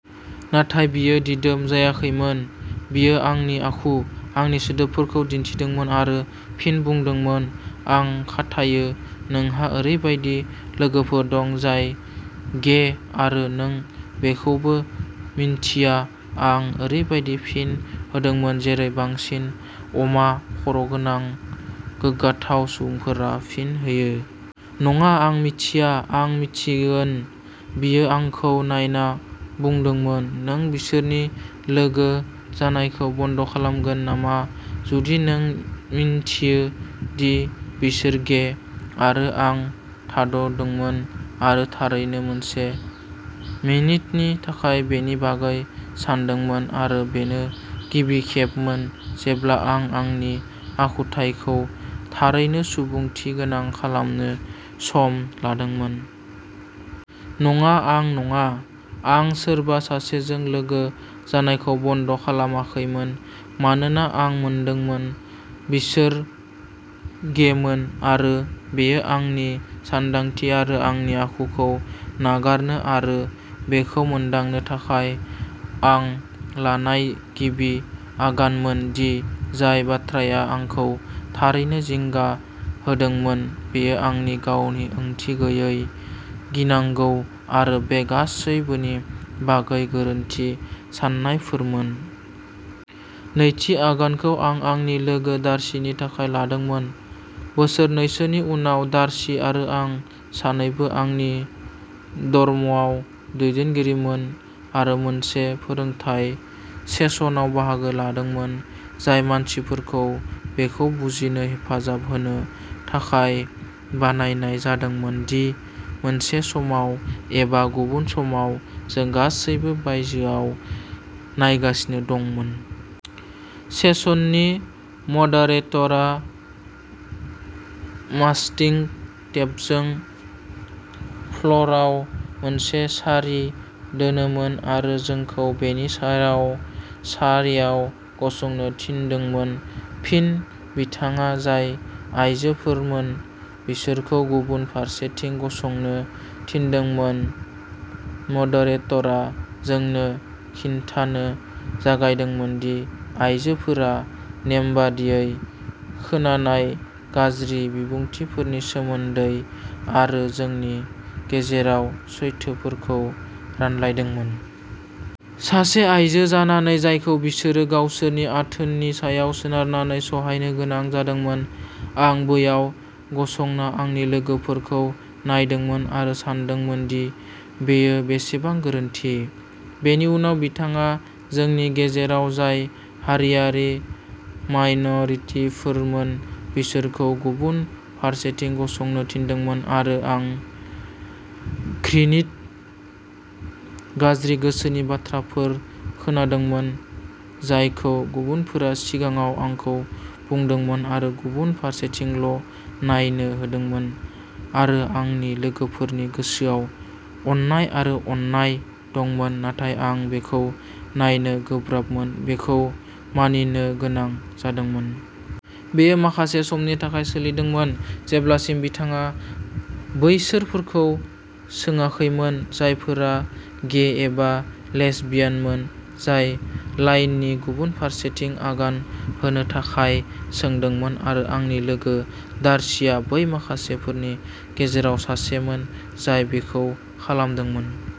नाथाय बियो दिदोम जायाखैमोन। बियो आंनि आखु, आंनि सोदोबफोरखौ दिन्थिदोंमोन आरो फिन बुंदोंमोन, "आं खाथायो नोंहा ओरैबायदि लोगोफोर दं जाय गे आरो नों बेखौबो मिन्थिया। " आं ओरैबायदि फिन होदोंमोन जेरै बांसिन अमा-खर'गोनां, गोग्गाथाव सुबुंफोरा फिन होयो। "नङा, आं मिथिया। आं मिन्थिगोन। " बियो आंखौ नायना बुंदोंमोन, "नों बिसोरनि लोगो जानायखौ बन्द खालामगोन नामा जुदि नों मिन्थियो दि बिसोर गे? " आरो आं थाद'दोंमोन आरो थारैनो मोनसे मिनिटनि थाखाय बेनि बागै सानदोंमोन, आरो बेनो गिबि खेबमोन जेब्ला आं आंनि आखुथाइखौ थारैनो सुबुंथिगोनां खालामनो सम लादोंमोन। "नङा, आं नङा। आं सोरबा सासेजों लोगो जानायखौ बन्द'खालामाखैमोन मानोना आं मोनदोंमोन। बिसोर गेमोन। "आरो बेयो आंनि सानदांथि आरो आंनि आखुखौ नागारनो आरो बेखौ मोनदांनो थाखाय आं लानाय गिबि आगानमोन दि जाय बाथ्राया आंखौ थारैनो जिंगा होदोंमोन बेयो आंनि गावनि ओंथि गैयै गिनांगौ आरो बे गासैबोनि बागै गोरोन्थि साननायफोरमोन। नैथि आगानखौ आं आंनि लोगो डार्सीनि थाखाय लादोंमोन। बोसोरनैसोनि उनाव डार्सी आरो आं सानैबो जोंनि डर्मआव दैदेनगिरिमोन आरो मोनसे फोरोंथाय सेशनाव बाहागो लादोंमोन, जाय मानसिफोरखौ बेखौ बुजिनो हेफाजाब होनो थाखाय बानायनाय जादोंमोन दि मोनसे समाव एबा गुबुन समाव जों गासैबो बायजोयाव नायगासिनो दंमोन। सेसननि म'डरेटरआ मास्किंग टेपजों फ्ल'रआव मोनसे सारि दोनोमोन आरो जोंखौ बेनि सेराव सारियाव गसंनो थिनदोंमोन। फिन बिथाङा जाय आयजोफोरमोन बिसोरखौ गुबुन फारसेथिं गसंनो थिनदोंमोन। म'डरेटरआ जोंनो खिन्थानो जागायदोंमोन दि आइजोफोरा नेमबादियै खोनानाय गाज्रि बिबुंथिफोरनि सोमोन्दै आरो जोंनि गेजेराव सैथोफोरखौ रानलायदोंमोन। सासे आइजो जानानै जायखौ बिसोरो गावसोरनि आथोननि सायाव सोनारनानै सहायनो गोनां जादोंमोन। आं बैयाव गसंना आंनि लोगोफोरखौ नायदोंमोन आरो सानदोंमोन दि बेयो बेसेबां गोरोन्थि। बेनि उनाव बिथाङा जोंनि गेजेराव जाय हारिआरि माइन'रिटिफोरमोन बिसोरखौ गुबुन फारसेथिं गसंनो थिनदोंमोन आरो आं घृणित, गाज्रि गोसोनि बाथ्राफोर खोनादोंमोन जायखौ गुबुनफोरा सिगाङाव आंखौ बुंदोंमोन आरो गुबुन फारसेथिंल'नायनो हादोंमोन आरो आंनि लोगोफोरनि गोसोआव अननाय आरो अननाय दंमोन, नाथाय आं बेखौ नायनो गोब्राबमोन बेखौ मानिनो गोनां जादोंमोन। बेयो माखासे समनि थाखाय सोलिदोंमोन जेब्लासिम बिथाङा बैसोरफोरखौ सोङाखैमोन जायफोरा गे एबा लेसबियानमोन जाय लाइननि गुबुन फारसेथिं आगान होनो थाखाय सोंदोंमोन आरो आंनि लोगो डार्सीआ बै माखासेफोरनि गेजेराव सासेमोन जाय बेखौ खालामदोंमोन।